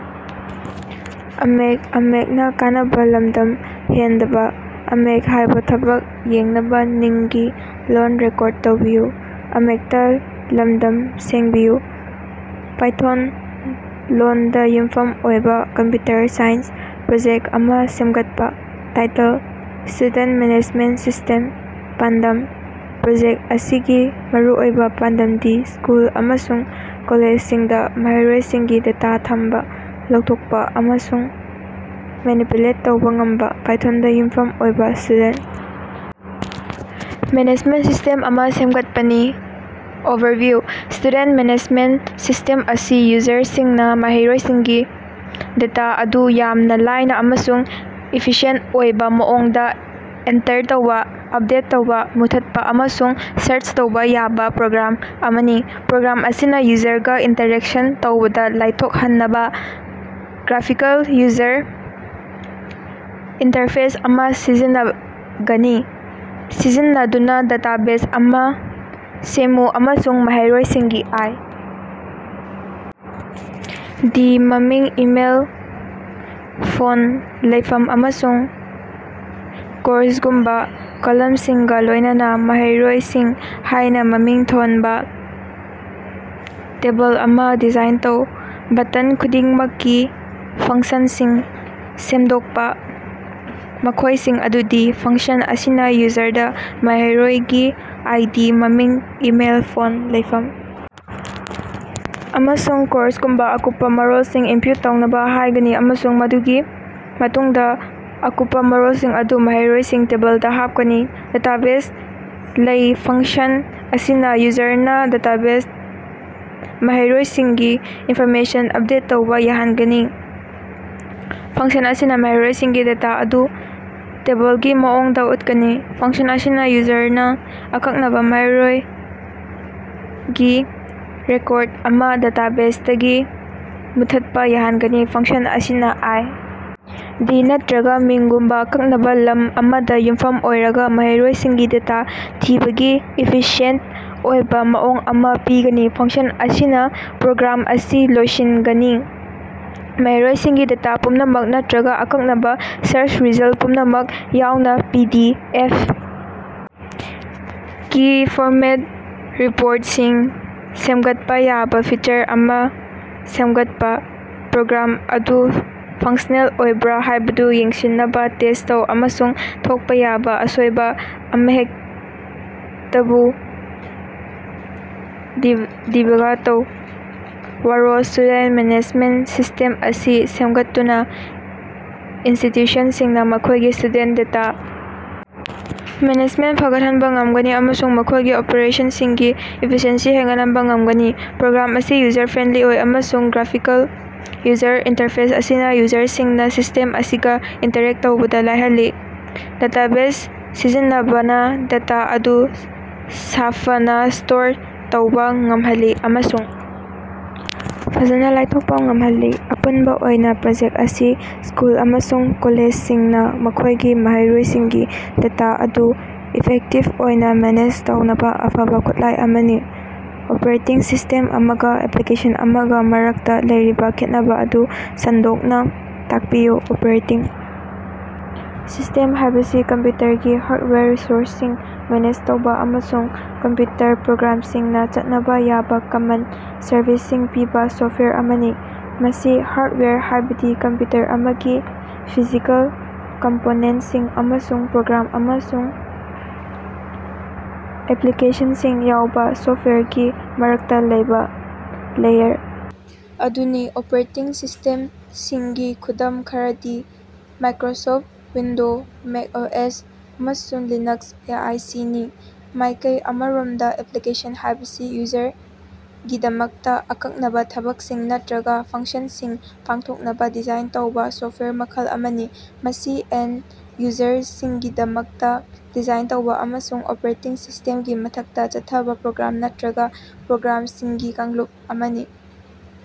Python ꯂꯣꯟꯗ ꯌꯨꯝꯐꯝ ꯑꯣꯏꯕ ꯀꯝꯄ꯭ꯌꯨꯇꯔ ꯁꯥꯏꯟꯁ ꯄ꯭ꯔꯣꯖꯦꯛ ꯑꯃ ꯁꯦꯝꯒꯠꯄ꯫ Title: student management system. ꯄꯥꯟꯗꯝ: ꯄ꯭ꯔꯣꯖꯦꯛ ꯑꯁꯤꯒꯤ ꯃꯔꯨꯑꯣꯏꯕ ꯄꯥꯟꯗꯝꯗꯤ ꯁ꯭ꯀꯨꯜ ꯑꯃꯁꯨꯡ ꯀꯣꯂꯦꯖꯁꯤꯡꯗ ꯃꯍꯩꯔꯣꯏꯁꯤꯡꯒꯤ ꯗꯦꯇꯥ ꯊꯝꯕ, ꯂꯧꯊꯣꯛꯄ ꯑꯃꯁꯨꯡ ꯃꯦꯅꯤꯄꯨꯂꯦꯠ ꯇꯧꯕ ꯉꯝꯕ ꯄꯥꯏꯊꯣꯟꯗ ꯌꯨꯝꯐꯝ ꯑꯣꯏꯕ ꯁ꯭ꯇꯨꯗꯦꯟ ꯃꯦꯅꯦꯖꯃꯦꯟꯠ ꯁꯤꯁ꯭ꯇꯦꯝ ꯑꯃ ꯁꯦꯝꯒꯠꯄꯅꯤ꯫ ꯑꯣꯚꯔꯚꯤꯌꯨ: ꯁ꯭ꯇꯨꯗꯦꯟ ꯃꯦꯅꯦꯖꯃꯦꯟꯠ ꯁꯤꯁ꯭ꯇꯦꯝ ꯑꯁꯤ ꯌꯨꯖꯔꯁꯤꯡꯅ ꯃꯍꯩꯔꯣꯏꯁꯤꯡꯒꯤ ꯗꯦꯇꯥ ꯑꯗꯨ ꯌꯥꯝꯅ ꯂꯥꯏꯅ ꯑꯃꯁꯨꯡ ꯏꯐꯤꯁꯤꯑꯦꯟꯇ ꯑꯣꯏꯕ ꯃꯑꯣꯡꯗ ꯑꯦꯟꯇꯔ ꯇꯧꯕ, ꯑꯞꯗꯦꯠ ꯇꯧꯕ, ꯃꯨꯠꯊꯠꯄ ꯑꯃꯁꯨꯡ ꯁ꯭ꯔꯆ ꯇꯧꯕ ꯌꯥꯕ ꯄ꯭ꯔꯣꯒ꯭ꯔꯥꯝ ꯑꯃꯅꯤ꯫ ꯄ꯭ꯔꯣꯒ꯭ꯔꯥꯝ ꯑꯁꯤꯅ ꯌꯨꯖꯔꯒ ꯏꯟꯇꯔꯦꯛꯁꯟ ꯇꯧꯕꯗ ꯂꯥꯏꯊꯣꯛꯍꯟꯅꯕ ꯒ꯭ꯔꯥꯐꯤꯀꯦꯜ ꯌꯨꯖꯔ ꯏꯟꯇꯔꯐꯦꯁ ꯑꯃ ꯁꯤꯖꯤꯟꯅꯒꯅꯤ꯫ ꯁꯤꯖꯤꯟꯅꯗꯨꯅ ꯗꯦꯇꯥꯕꯦꯖ ꯑꯃ ꯁꯦꯝꯃꯨ ꯑꯃꯁꯨꯡ ꯃꯍꯩꯔꯣꯏꯁꯤꯡꯒꯤ ꯑꯥꯏ. ꯗꯤ. ꯃꯃꯤꯡ, ꯏꯃꯦꯜ, ꯐꯣꯟ, ꯂꯩꯐꯝ, ꯑꯃꯁꯨꯡ ꯀꯣꯔꯁꯒꯨꯝꯕ ꯀꯣꯂꯝꯁꯤꯡꯒ ꯂꯣꯏꯅꯅ 'ꯃꯍꯩꯔꯣꯏꯁꯤꯡ' ꯍꯥꯏꯅ ꯃꯃꯤꯡ ꯊꯣꯟꯕ ꯇꯦꯕꯜ ꯑꯃ ꯗꯤꯖꯥꯏꯟ ꯇꯧ꯫ ꯕꯇꯟ ꯈꯨꯗꯤꯡꯃꯛꯀꯤ ꯐꯪꯁꯟꯁꯤꯡ ꯁꯦꯝꯗꯣꯛꯄ, ꯃꯈꯣꯏꯁꯤꯡ ꯑꯗꯨꯗꯤ: ꯐꯪꯁꯟ ꯑꯁꯤꯅ ꯌꯨꯖꯔꯗ ꯃꯍꯩꯔꯣꯏꯒꯤ ꯑꯥꯏ. ꯗꯤ., ꯃꯃꯤꯡ, ꯏꯃꯦꯜ, ꯐꯣꯟ, ꯂꯩꯐꯝ ꯑꯃꯁꯨꯡ ꯀꯣꯔꯁꯒꯨꯝꯕ ꯑꯀꯨꯞꯄ ꯃꯔꯣꯜꯁꯤꯡ ꯏꯟꯄꯨꯠ ꯇꯧꯅꯕ ꯍꯥꯏꯒꯅꯤ ꯑꯃꯁꯨꯡ ꯃꯗꯨꯒꯤ ꯃꯇꯨꯡꯗ ꯑꯀꯨꯞꯄ ꯃꯔꯣꯜꯁꯤꯡ ꯑꯗꯨ 'ꯃꯍꯩꯔꯣꯏꯁꯤꯡ' ꯇꯦꯕꯜꯗ ꯍꯥꯞꯀꯅꯤ꯫ ꯗꯦꯇꯥꯕꯦꯖꯗ ꯂꯩ: ꯐꯪꯁꯟ ꯑꯁꯤꯅ ꯌꯨꯖꯔꯅ ꯗꯦꯇꯥꯕꯦꯖꯗ ꯃꯍꯩꯔꯣꯏꯁꯤꯡꯒꯤ ꯏꯟꯐꯣꯔꯃꯦꯁꯟ ꯑꯞꯗꯦꯠ ꯇꯧꯕ ꯌꯥꯍꯟꯒꯅꯤ꯫ꯐꯪꯁꯟ ꯑꯁꯤꯅ ꯃꯍꯩꯔꯣꯏꯁꯤꯡꯒꯤ ꯗꯦꯇꯥ ꯑꯗꯨ ꯇꯦꯕꯜꯒꯤ ꯃꯑꯣꯡꯗ ꯎꯠꯀꯅꯤ꯫ ꯐꯪꯁꯟ ꯑꯁꯤꯅ ꯌꯨꯖꯔꯅ ꯑꯀꯛꯅꯕ ꯃꯍꯩꯔꯣꯏꯒꯤ ꯔꯦꯀꯣꯔꯗ ꯑꯃ ꯗꯦꯇꯥꯕꯦꯖꯗꯒꯤ ꯃꯨꯠꯊꯠꯄ ꯌꯥꯍꯟꯒꯅꯤ꯫ ꯐꯪꯁꯟ ꯑꯁꯤꯅ ꯑꯥꯏ. ꯗꯤ. ꯅꯠꯇꯔꯒ ꯃꯤꯡꯒꯨꯝꯕ ꯑꯀꯛꯅꯕ ꯂꯝ ꯑꯃꯗ ꯌꯨꯝꯐꯝ ꯑꯣꯏꯔꯒ ꯃꯍꯩꯔꯣꯏꯁꯤꯡꯒꯤ ꯗꯦꯇꯥ ꯊꯤꯕꯒꯤ ꯏꯐꯤꯁꯤꯌꯦꯟꯇ ꯑꯣꯏꯕ ꯃꯑꯣꯡ ꯑꯃ ꯄꯤꯒꯅꯤ꯫ ꯐꯪꯁꯟ ꯑꯁꯤꯅ ꯄ꯭ꯔꯣꯒ꯭ꯔꯥꯝ ꯑꯁꯤ ꯂꯣꯏꯁꯤꯟꯒꯅꯤ꯫ ꯃꯍꯩꯔꯣꯏꯁꯤꯡꯒꯤ ꯗꯦꯇꯥ ꯄꯨꯝꯅꯃꯛ ꯅꯠꯇ꯭ꯔꯒ ꯑꯀꯛꯅꯕ ꯁ꯭ꯔꯆ ꯔꯤꯖꯜꯠ ꯄꯨꯝꯅꯃꯛ ꯌꯥꯎꯅ ꯄꯤ. ꯗꯤ. ꯑꯦꯐ. ꯀꯤ ꯐꯣꯔꯃꯦꯠꯇ ꯔꯤꯄꯣꯔꯠꯁꯤꯡ ꯁꯦꯝꯒꯠꯄ ꯌꯥꯕ ꯐꯤꯆꯔ ꯑꯃ ꯁꯦꯝꯒꯠꯄ꯫ ꯄ꯭ꯔꯣꯒ꯭ꯔꯥꯝ ꯑꯗꯨ ꯐꯪꯁꯅꯦꯜ ꯑꯣꯏꯕ꯭ꯔꯥ ꯍꯥꯏꯕꯗꯨ ꯌꯦꯡꯁꯤꯟꯅꯕ ꯇꯦꯁ ꯇꯧ ꯑꯃꯁꯨꯡ ꯊꯣꯛꯄ ꯌꯥꯕ ꯑꯁꯣꯏꯕ ꯑꯃꯍꯦꯛꯇꯕꯨ ꯗꯤꯕꯒ ꯇꯧ꯫ ꯋꯥꯔꯣꯜ: ꯁ꯭ꯇꯨꯗꯦꯟ ꯃꯦꯅꯦꯖꯃꯦꯟꯠ ꯁꯤꯁ꯭ꯇꯦꯝ ꯑꯁꯤ ꯁꯦꯝꯒꯠꯇꯨꯅ ꯏꯟꯁꯇꯤꯇ꯭ꯌꯨꯁꯟꯁꯤꯡꯅ ꯃꯈꯣꯏꯒꯤ ꯁ꯭ꯇꯨꯗꯦꯟ ꯗꯦꯇꯥ ꯃꯦꯅꯦꯖꯃꯦꯟꯠ ꯐꯒꯠꯍꯟꯕ ꯉꯝꯒꯅꯤ ꯑꯃꯁꯨꯡ ꯃꯈꯣꯏꯒꯤ ꯑꯣꯄꯔꯦꯁꯟꯁꯤꯡꯒꯤ ꯏꯐꯤꯁꯤꯑꯦꯟꯁꯤ ꯍꯦꯟꯒꯠꯍꯟꯕ ꯉꯝꯒꯅꯤ꯫ ꯄ꯭ꯔꯣꯒ꯭ꯔꯥꯝ ꯑꯁꯤ ꯌꯨꯖꯔ-ꯐ꯭ꯔꯦꯟꯂꯤ ꯑꯣꯏ ꯑꯃꯁꯨꯡ ꯒ꯭ꯔꯥꯐꯤꯀꯦꯜ ꯌꯨꯖꯔ ꯏꯟꯇꯔꯐꯦꯁ ꯑꯁꯤꯅ ꯌꯨꯖꯔꯁꯤꯡꯅ ꯁꯤꯁ꯭ꯇꯦꯝ ꯑꯁꯤꯒ ꯏꯟꯇꯔꯦꯛ ꯇꯧꯕꯗ ꯂꯥꯏꯍꯜꯂꯤ꯫ ꯗꯦꯇꯥꯕꯦꯖ ꯁꯤꯖꯤꯟꯅꯕꯅ ꯗꯦꯇꯥ ꯑꯗꯨ ꯁꯥꯐꯅꯥ ꯁ꯭ꯇꯣꯔ ꯇꯧꯕ ꯉꯝꯍꯜꯂꯤ ꯑꯃꯁꯨꯡ ꯐꯖꯅ ꯂꯧꯊꯣꯛꯄ ꯉꯝꯍꯜꯂꯤ꯫ ꯑꯄꯨꯟꯕ ꯑꯣꯏꯅ, ꯄ꯭ꯔꯣꯖꯦꯛ ꯑꯁꯤ ꯁ꯭ꯀꯨꯜ ꯑꯃꯁꯨꯡ ꯀꯣꯂꯦꯖꯁꯤꯡꯅ ꯃꯈꯣꯏꯒꯤ ꯃꯍꯩꯔꯣꯏꯁꯤꯡꯒꯤ ꯗꯦꯇꯥ ꯑꯗꯨ ꯏꯐꯦꯛꯇꯤꯚ ꯑꯣꯏꯅ ꯃꯦꯅꯦꯖ ꯇꯧꯅꯕ ꯑꯐꯕ ꯈꯨꯠꯂꯥꯏ ꯑꯃꯅꯤ꯫ ꯑꯣꯄꯔꯦꯇꯤꯡ ꯁꯤꯁ꯭ꯇꯦꯝ ꯑꯃꯒ ꯑꯦꯄ꯭ꯂꯤꯀꯦꯁꯟ ꯑꯃꯒ ꯃꯔꯛꯇ ꯂꯩꯔꯤꯕ ꯈꯦꯠꯅꯕ ꯑꯗꯨ ꯁꯟꯗꯣꯛꯅ ꯇꯥꯛꯄꯤꯌꯨ꯫ ꯑꯣꯄꯔꯦꯇꯤꯡ ꯁꯤꯁ꯭ꯇꯦꯝ ꯍꯥꯏꯕꯁꯤ ꯀꯝꯄ꯭ꯌꯨꯇꯔꯒꯤ ꯍꯥꯔꯗꯋꯥꯌꯔ, ꯔꯤꯁꯣꯔꯁꯁꯤꯡ ꯃꯦꯅꯦꯖ ꯇꯧꯕ ꯑꯃꯁꯨꯡ ꯀꯝꯄ꯭ꯌꯨꯇꯔ ꯄ꯭ꯔꯣꯒ꯭ꯔꯥꯝꯁꯤꯡꯅ ꯆꯠꯅꯕ ꯌꯥꯕ ꯀꯃꯟ ꯁꯔꯚꯤꯁꯁꯤꯡ ꯄꯤꯕ ꯁꯣꯐꯋꯥꯌꯔ ꯑꯃꯅꯤ꯫ ꯃꯁꯤ ꯍꯥꯔꯗꯋꯥꯌꯔ, ꯍꯥꯏꯕꯗꯤ ꯀꯝꯄ꯭ꯌꯨꯇꯔ ꯑꯃꯒꯤ ꯐꯤꯖꯤꯀꯦꯜ ꯀꯝꯄꯣꯅꯦꯟꯠꯁꯤꯡ ꯑꯃꯁꯨꯡ ꯄ꯭ꯔꯣꯒ꯭ꯔꯥꯝ ꯑꯃꯁꯨꯡ ꯑꯦꯄ꯭ꯂꯤꯀꯦꯁꯟꯁꯤꯡ ꯌꯥꯎꯕ ꯁꯣꯐꯋꯥꯌꯔꯒꯤ ꯃꯔꯛꯇ ꯂꯩꯕ ꯂꯦꯌꯔ ꯑꯗꯨꯅꯤ꯫ ꯑꯣꯄꯔꯦꯇꯤꯡ ꯁꯤꯁ꯭ꯇꯦꯝꯁꯤꯡꯒꯤ ꯈꯨꯗꯝ ꯈꯔꯗꯤ ꯃꯥꯏꯀ꯭ꯔꯣꯁꯣꯐ ꯋꯤꯟꯗꯣꯖ, ꯃꯦꯀꯑꯣꯑꯦꯁ, ꯑꯃꯁꯨꯡ ꯂꯤꯅꯛꯁ ꯑꯌꯁꯤꯅꯤ꯫ ꯃꯥꯏꯀꯩ ꯑꯃꯔꯣꯝꯗ ꯑꯦꯄ꯭ꯂꯤꯀꯦꯁꯟ ꯍꯥꯏꯕꯁꯤ ꯌꯨꯖꯔꯒꯤꯗꯃꯛꯇ ꯑꯀꯛꯅꯕ ꯊꯕꯛꯁꯤꯡ ꯅꯠꯇ꯭ꯔꯒ ꯐꯪꯁꯟꯁꯤꯡ ꯄꯥꯡꯊꯣꯛꯅꯕ ꯗꯤꯖꯥꯏꯟ ꯇꯧꯕ ꯁꯣꯐꯋꯥꯌꯔ ꯃꯈꯜ ꯑꯃꯅꯤ꯫ ꯃꯁꯤ ꯑꯦꯟꯗ-ꯌꯨꯖꯔꯁꯤꯡꯒꯤꯗꯃꯛꯇ ꯗꯤꯖꯥꯏꯟ ꯇꯧꯕ ꯑꯃꯁꯨꯡ ꯑꯣꯄꯔꯦꯇꯤꯡ ꯁꯤꯁ꯭ꯇꯦꯝꯒꯤ ꯃꯊꯛꯇ ꯆꯠꯊꯕ ꯄ꯭ꯔꯣꯒ꯭ꯔꯥꯝ ꯅꯠꯇ꯭ꯔꯒ ꯄ꯭ꯔꯣꯒ꯭ꯔꯥꯝꯁꯤꯡꯒꯤ ꯀꯥꯡꯂꯨꯞ ꯑꯃꯅꯤ꯫